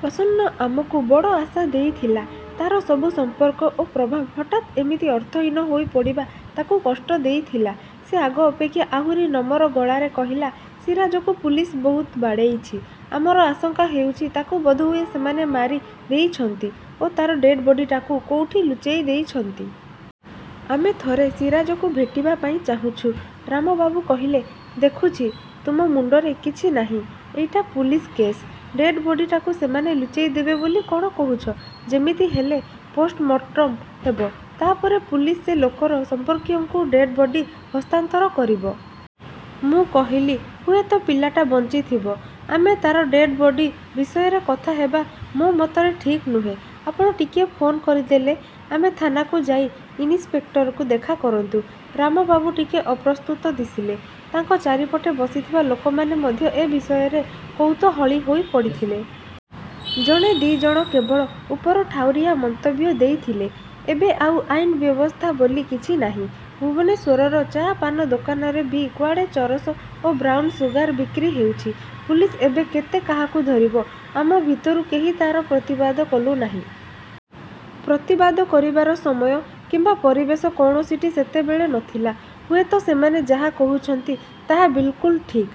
ପ୍ରସନ୍ନ ଆମକୁ ବଡ଼ ଆଶା ଦେଇଥିଲା। ତାର ସବୁ ସମ୍ପର୍କ ଓ ପ୍ରଭାବ ହଠାତ୍ ଏମିତି ଅର୍ଥହୀନ ହୋଇପଡ଼ିବା ତାକୁ କଷ୍ଟ ଦେଇଥିଲା। ସେ ଆଗ ଅପେକ୍ଷା ଆହୁରି ନମର ଗଳାରେ କହିଲା, "ସିରାଜକୁ ପୁଲିସ ବହୁତ ବାଡ଼େଇଛି। ଆମର ଆଶଙ୍କା ହେଉଛି ତାକୁ ବୋଧହୁଏ ସେମାନେ ମାରି ଦେଇଛନ୍ତି ଓ ତାର ଡେଡ୍ ବଡିଟାକୁ କୋଉଠି ଲୁଚେଇ ଦେଇଛନ୍ତି। ଆମେ ଥରେ ସିରାଜକୁ ଭେଟିବା ପାଇଁ ଚାହୁଁଛୁ। " ରାମବାବୁ କହିଲେ, "ଦେଖୁଛି ତୁମ ମୁଣ୍ଡରେ କିଛି ନାହିଁ। ଏଇଟା ପୁଲିସ କେସ୍। ଡେଡ୍ ବଡିଟାକୁ ସେମାନେ ଲୁଚେଇଦେବେ ବୋଲି କଣ କହୁଛ? ଯେମିତି ହେଲେ ପୋଷ୍ଟମର୍ଟମ୍ ହେବ। ତାପରେ ପୁଲିସ ସେ ଲୋକର ସମ୍ପର୍କୀୟଙ୍କୁ ଡେଡ୍ ବଡି ହସ୍ତାନ୍ତର କରିବ। " ମୁଁ କହିଲି, "ହୁଏତ ପିଲାଟା ବଞ୍ଚିଥିବ। ଆମେ ତାର ଡେଡ୍ ବଡି ବିଷୟରେ କଥା ହେବା ମୋ ମତରେ ଠିକ୍ ନୁହେଁ। ଆପଣ ଟିକିଏ ଫୋନ୍ କରିଦେଲେ ଆମେ ଥାନାକୁ ଯାଇ ଇନିସ୍ପେକ୍ଟରକୁ ଦେଖା କରନ୍ତୁ। " ରାମବାବୁ ଟିକେ ଅପ୍ରସ୍ତୁତ ଦିଶିଲେ। ତାଙ୍କ ଚାରିପଟେ ବସିଥିବା ଲୋକମାନେ ମଧ୍ୟ ଏ ବିଷୟରେ କୌତୂହଳୀ ହୋଇ ପଡ଼ିଥିଲେ। ଜଣେ ଦି'ଜଣ କେବଳ ଉପରଠାଉରିଆ ମନ୍ତବ୍ୟ ଦେଇଥିଲେ-ଏବେ ଆଉ ଆଇନ ବ୍ୟବସ୍ଥା ବୋଲି କିଛି ନାହିଁ। ଭୁବନେଶ୍ୱରର ଚା ପାନ ଦୋକାନରେ ବି କୁଆଡ଼େ ଚରସ ଓ ବ୍ରାଉନ୍ ସୁଗାର୍ ବିକ୍ରି ହେଉଛି। ପୁଲିସ ଏବେ କେତେ କାହାକୁ ଧରିବ! ଆମ ଭିତରୁ କେହି ତାର ପ୍ରତିବାଦ କଲୁନାହିଁ। ପ୍ରତିବାଦ କରିବାର ସମୟ କିମ୍ବା ପରିବେଶ କୌଣସିଟି ସେତେବେଳେ ନଥିଲା। ହୁଏତ ସେମାନେ ଯାହା କହୁଛନ୍ତି ତାହା ବିଲ୍କୁଲ୍। ଠିକ୍।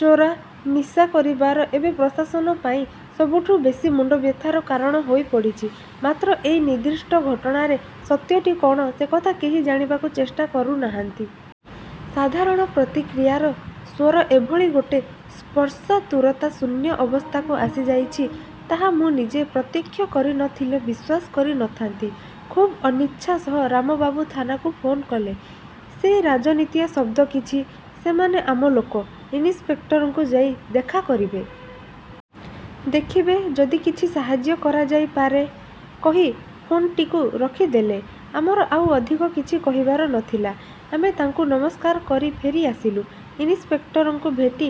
ଚୋରା ନିଶା କାରବାର ଏବେ ପ୍ରଶାସନ ପାଇଁ ସବୁଠୁ ବେଶି ମୁଣ୍ଡବ୍ୟଥାର କାରଣ ହୋଇପଡ଼ିଛି। ମାତ୍ର ଏଇ ନିର୍ଦ୍ଦିଷ୍ଟ ଘଟଣାରେ ସତ୍ୟଟି କଣ, ସେକଥା କେହି ଜାଣିବାକୁ ଚେଷ୍ଟା କରୁନାହାନ୍ତି। ସାଧାରଣ ପ୍ରତିକ୍ରିୟାର ସ୍ୱର ଏଭଳି ଗୋଟେ ସ୍ପର୍ଶାତୁରତା ଶୂନ୍ୟ ଅବସ୍ଥାକୁ ଆସିଯାଇଛି। ତାହା ମୁଁ ନିଜେ ପ୍ରତ୍ୟକ୍ଷ କରି ନଥିଲେ ବିଶ୍ୱାସ କରି ନଥାନ୍ତି। ଖୁବ୍ ଅନିଚ୍ଛା ସହ ରାମବାବୁ ଥାନାକୁ ଫୋନ୍ କଲେ। ସେଇ ରାଜନୀତିଆ ଶବ୍ଦ କିଛି, "ସେମାନେ ଆମ ଲୋକ। ଇନିସ୍ପେକ୍ଟରଙ୍କୁ ଯାଇ ଦେଖା କରିବେ। ଦେଖିବେ, ଯଦି କିଛି ସାହାଯ୍ୟ କରାଯାଇ ପାରେ। " କହି ଫୋନ୍ଟିକୁ ରଖିଦେଲେ। ଆମର ଆଉ ଅଧିକ କିଛି କହିବାର ନଥିଲା। ଆମେ ତାଙ୍କୁ ନମସ୍କାର କରି ଫେରିଆସିଲୁ। ଇନିସ୍ପେକ୍ଟରଙ୍କୁ ଭେଟି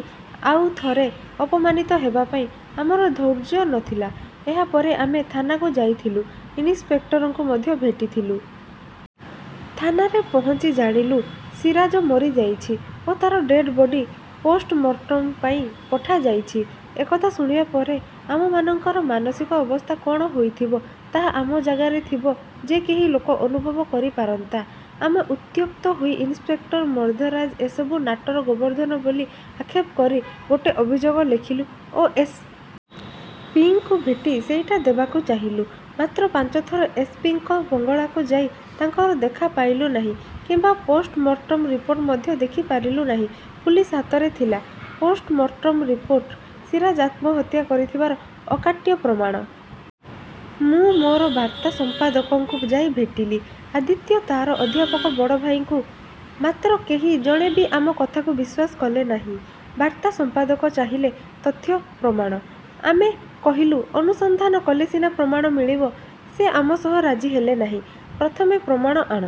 ଆଉ ଥରେ ଅପମାନିତ ହେବା ପାଇଁ ଆମର ଧୈର୍ଯ୍ୟ ନଥିଲା। ଏହାପରେ ଆମେ ଥାନାକୁ ଯାଇଥିଲୁ, ଇନିସ୍ପେକ୍ଟରଙ୍କୁ ମଧ୍ୟ ଭେଟିଥିଲୁ। ଥାନାରେ ପହଞ୍ଚି ଜାଣିଲୁ, ସିରାଜ ମରିଯାଇଛି ଓ ତାର ଡେଡ୍ ବଡି ପୋଷ୍ଟମର୍ଟମ ପାଇଁ ପଠାଯାଇଛି। ଏକଥା ଶୁଣିବା ପରେ ଆମମାନଙ୍କର ମାନସିକ ଅବସ୍ଥା କଣ ହୋଇଥିବ ତାହା ଆମ ଜାଗାରେ ଥିବା ଯେକେହି ଲୋକ ଅନୁଭବ କରିପାରନ୍ତା। ଆମେ ଉତ୍ତ୍ୟକ୍ତ ହୋଇ ଇନିସ୍ପେକ୍ଟର ମର୍ଦ୍ଦରାଜ ଏସବୁ ନାଟର ଗୋବର୍ଦ୍ଧନ ବୋଲି ଆକ୍ଷେପ କରି ଗୋଟେ ଅଭିଯୋଗ ଲେଖିଲୁ ଓ ଏସ୍. ପି. ଙ୍କୁ ଭେଟି ସେଇଟା ଦେବାକୁ ଚାହିଁଲୁ। ମାତ୍ର ପାଞ୍ଚଥର ଏସ୍. ପି. ଙ୍କ ବଙ୍ଗଳାକୁ ଯାଇ ତାଙ୍କର ଦେଖା ପାଇଲୁ ନାହିଁ କିମ୍ବା ପୋଷ୍ଟମର୍ଟମ ରିପୋର୍ଟ ମଧ୍ୟ ଦେଖିପାରିଲୁ ନାହିଁ। ପୁଲିସ ହାତରେ ଥିଲା ପୋଷ୍ଟମର୍ଟମ ରିପୋର୍ଟ, ସିରାଜ ଆତ୍ମହତ୍ୟା କରିଥିବାର ଅକାଟ୍ୟ ପ୍ରମାଣ। ମୁଁ ମୋର ବାର୍ତ୍ତା ସଂପାଦକଙ୍କୁ ଯାଇ ଭେଟିଲି, ଆଦିତ୍ୟ ତାର ଅଧ୍ୟାପକ ବଡ଼ଭାଇଙ୍କୁ। ମାତ୍ର କେହି ଜଣେ ବି ଆମ କଥାକୁ ବିଶ୍ୱାସ କଲେ ନାହିଁ। ବାର୍ତ୍ତା ସଂପାଦକ ଚାହିଁଲେ ତଥ୍ୟ, ପ୍ରମାଣ। ଆମେ କହିଲୁ, ଅନୁସନ୍ଧାନ କଲେ ସିନା ପ୍ରମାଣ ମିଳିବ। ସେ ଆମ ସହ ରାଜି ହେଲେ ନାହିଁ-ପ୍ରଥମେ ପ୍ରମାଣ ଆଣ।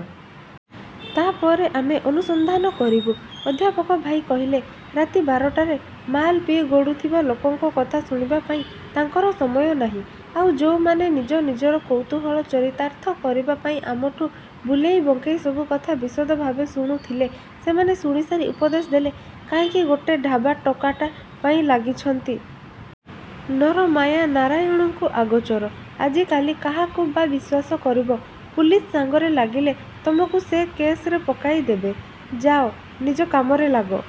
ତାପରେ ଆମେ ଅନୁସନ୍ଧାନ କରିବୁ। ଅଧ୍ୟାପକ ଭାଇ କହିଲେ, ରାତି ବାରଟାରେ ମାଲ୍ ପିଇ ଗଡ଼ୁଥିବା ଲୋକଙ୍କ କଥା ଶୁଣିବା ପାଇଁ ତାଙ୍କର ସମୟ ନାହିଁ। ଆଉ ଯୋଉମାନେ ନିଜ ନିଜର କୌତୂହଳ ଚରିତାର୍ଥ କରିବା ପାଇଁ ଆମଠୁଁ ବୁଲେଇ ବଙ୍କେଇ ସବୁକଥା ବିଶଦ ଭାବେ ଶୁଣୁଥିଲେ, ସେମାନେ ଶୁଣିସାରି ଉପଦେଶ ଦେଲେ, "କାହିଁକି ଗୋଟେ ଢାବା ଟୋକାଟା ପାଇଁ ଲାଗିଛନ୍ତି? ନର ମାୟା ନାରାୟଣଙ୍କୁ ଆଗୋଚର। ଆଜିକାଲି କାହାକୁ ବା ବିଶ୍ୱାସ କରିବ? ପୁଲିସ ସାଙ୍ଗରେ ଲାଗିଲେ ତମକୁ ସେ କେସରେ ପକେଇଦେବେ। ଯାଅ, ନିଜ କାମରେ ଲାଗ।